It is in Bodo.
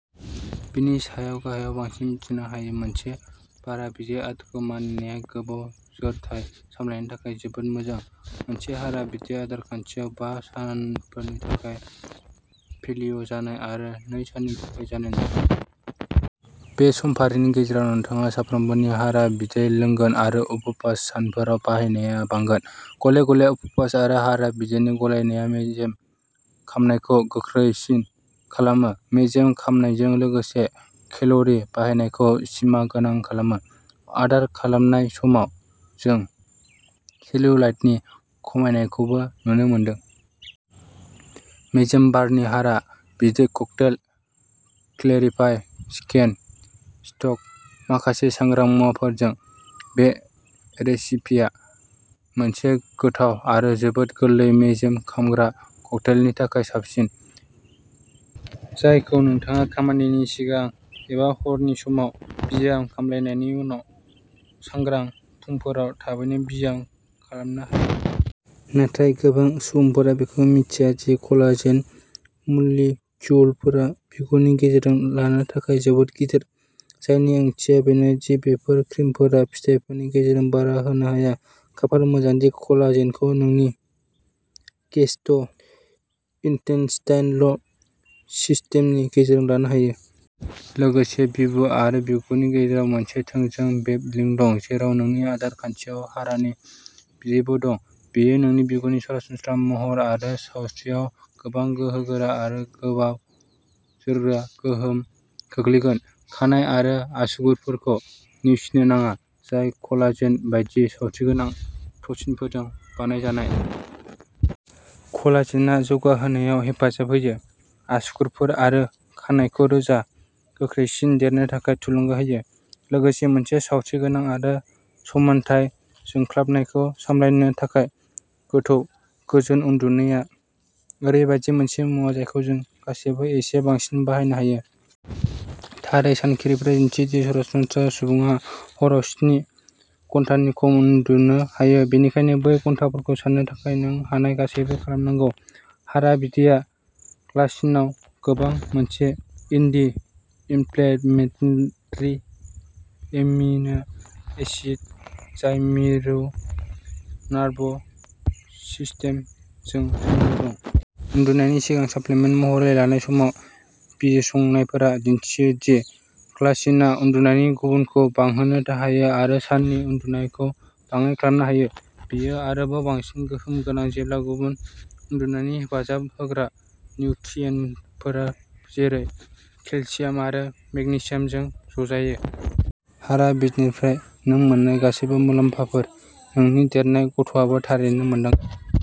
बेनि सायाव गाहायाव बांसिन मिथिनो हायो। मोनसे हारा बिदै आदारखौ मानिनाया गोबाव जोरथाय सामलायनायनि थाखाय जोबोद मोजां। मोनसे हारा बिदै आदार खान्थियाव बा सानफोरनि थाखाय पेलिय' जानाय आरो नै साननि थाखाय जानाय नङा। बे समफारिनि गेजेराव नोंथाङा सानफ्रोमबो हारा बिदै लोंगोन आरो उपबास सानफोराव बाहायनाया बांगोन। गले गले उपबास आरो हारा बिदैनि गलायनाया मेजेम खामनायखौ गोख्रैसिन खालामो, मेजेम खामनायजों लोगोसे केल'रि बाहायनायखौ सिमा गोनां खालामो। आदार खालामनाय समाव, जों सेल्युलाइटनि खमायनायखौबो नुनो मोनदों। मेजेम बार्निं हारा बिदै ककटेल क्लेरिफाइ चिकेन स्टक। माखासे सांग्रां मुवाफोरजों, बे रेसिपिया मोनसे गोथाव आरो जोबोद गोरलै मेजेम खामग्रा ककटेलनि थाखाय साबसिन, जायखौ नोंथाङा खामानिनि सिगां एबा हरनि समाव ब्याम खालामनायनि उनाव सांग्रां फुंफोराव थाबैनो ब्याम खालामनो हायो। नाथाय गोबां सुबुंफोरा बेखौ मिन्थिया दि कलाजेन मलिक्युलफोरा बिगुरनि गेजेरजों लानो थाखाय जोबोद गिदिर, जायनि ओंथिया बेनो दि बेफोर क्रिमफोरा फिथायफोरनि गेजेरजों बारा होनो हाया। खाफाल मोजां दि कलाजेनखौ नोंनि गेस्ट्र'इन्टेस्टाइनल सिस्टेमनि गेजेरजों लानो हायो। लोगोसे बिबु आरो बिगुरनि गेजेराव मोनसे थोंजों वेब लिंक दं, जेराव नोंनि आदार खान्थियाव हारानि बिदैबो दं, बेयो नोंनि बिगुरनि सरासनस्रा महर आरो सावस्रियाव गोबां गोहोगोरा आरो गोबाव जोरग्रा गोहोम खोख्लैगोन। खानाइ आरो आसुगुरफोरखौ नेवसिनो नाङा, जाय कलाजेन बायदि सावस्रिगोनां प्रटिनफोरजों बानायजानाय। कलाजेनआ जौगाहोनायाव हेफाजाब होयो। आसुगुरफोर, आरो खानायखौ रोजा, गोख्रैसिन देरनो थाखाय थुलुंगा होयो, लोगोसे मोनसे सावस्रिगोनां आरो समानथाय जोंख्लाबनायखौ सामलायनो थाखाय।। गोथौ, गोजोन उन्दुनाया ओरैबायदि मोनसे मुवा जायखौ जों गासैबो एसे बांसिन बाहायनो हायो। थारै, सानरिखिफोरा दिन्थियो दि सरासनस्रा सुबुङा हराव स्नि घन्टानि खम उन्दुनो हायो, बेनिखायनो बै घन्टाफोरखौ साननो थाखाय नों हानाय गासैबो खालामनांगौ। हारा बिदैया ग्लाइसिनआव गोबां, मोनसे एन्टि-इनफ्लेमेटरि एमिनो एसिड जाय मिरु नार्भ सिस्टेम जों सोमोन्दो दं। उन्दुनायनि सिगां साप्लिमेन्ट महरै लानाय समाव, बिजिरसंनायफोरा दिन्थियो दि ग्लाइसिनआ उन्दुनायनि गुनखौ बांहोनो हायो आरो साननि उनदुनायखौ बाङाइ खालामनो हायो। बेयो आरोबाव बांसिन गोहोम गोनां जेब्ला गुबुन उन्दुनायनि हेफाजाब होग्रा निउट्रियेन्टफोर, जेरै केलसियाम आरो मेगनेसियामजों ज'जायो। हारा बिदैनिफ्राय नों मोन्नाय गासैबो मुलाम्फाफोर, नोंनि देरनाय गथ'आबो थारैनो मोनदांगोन।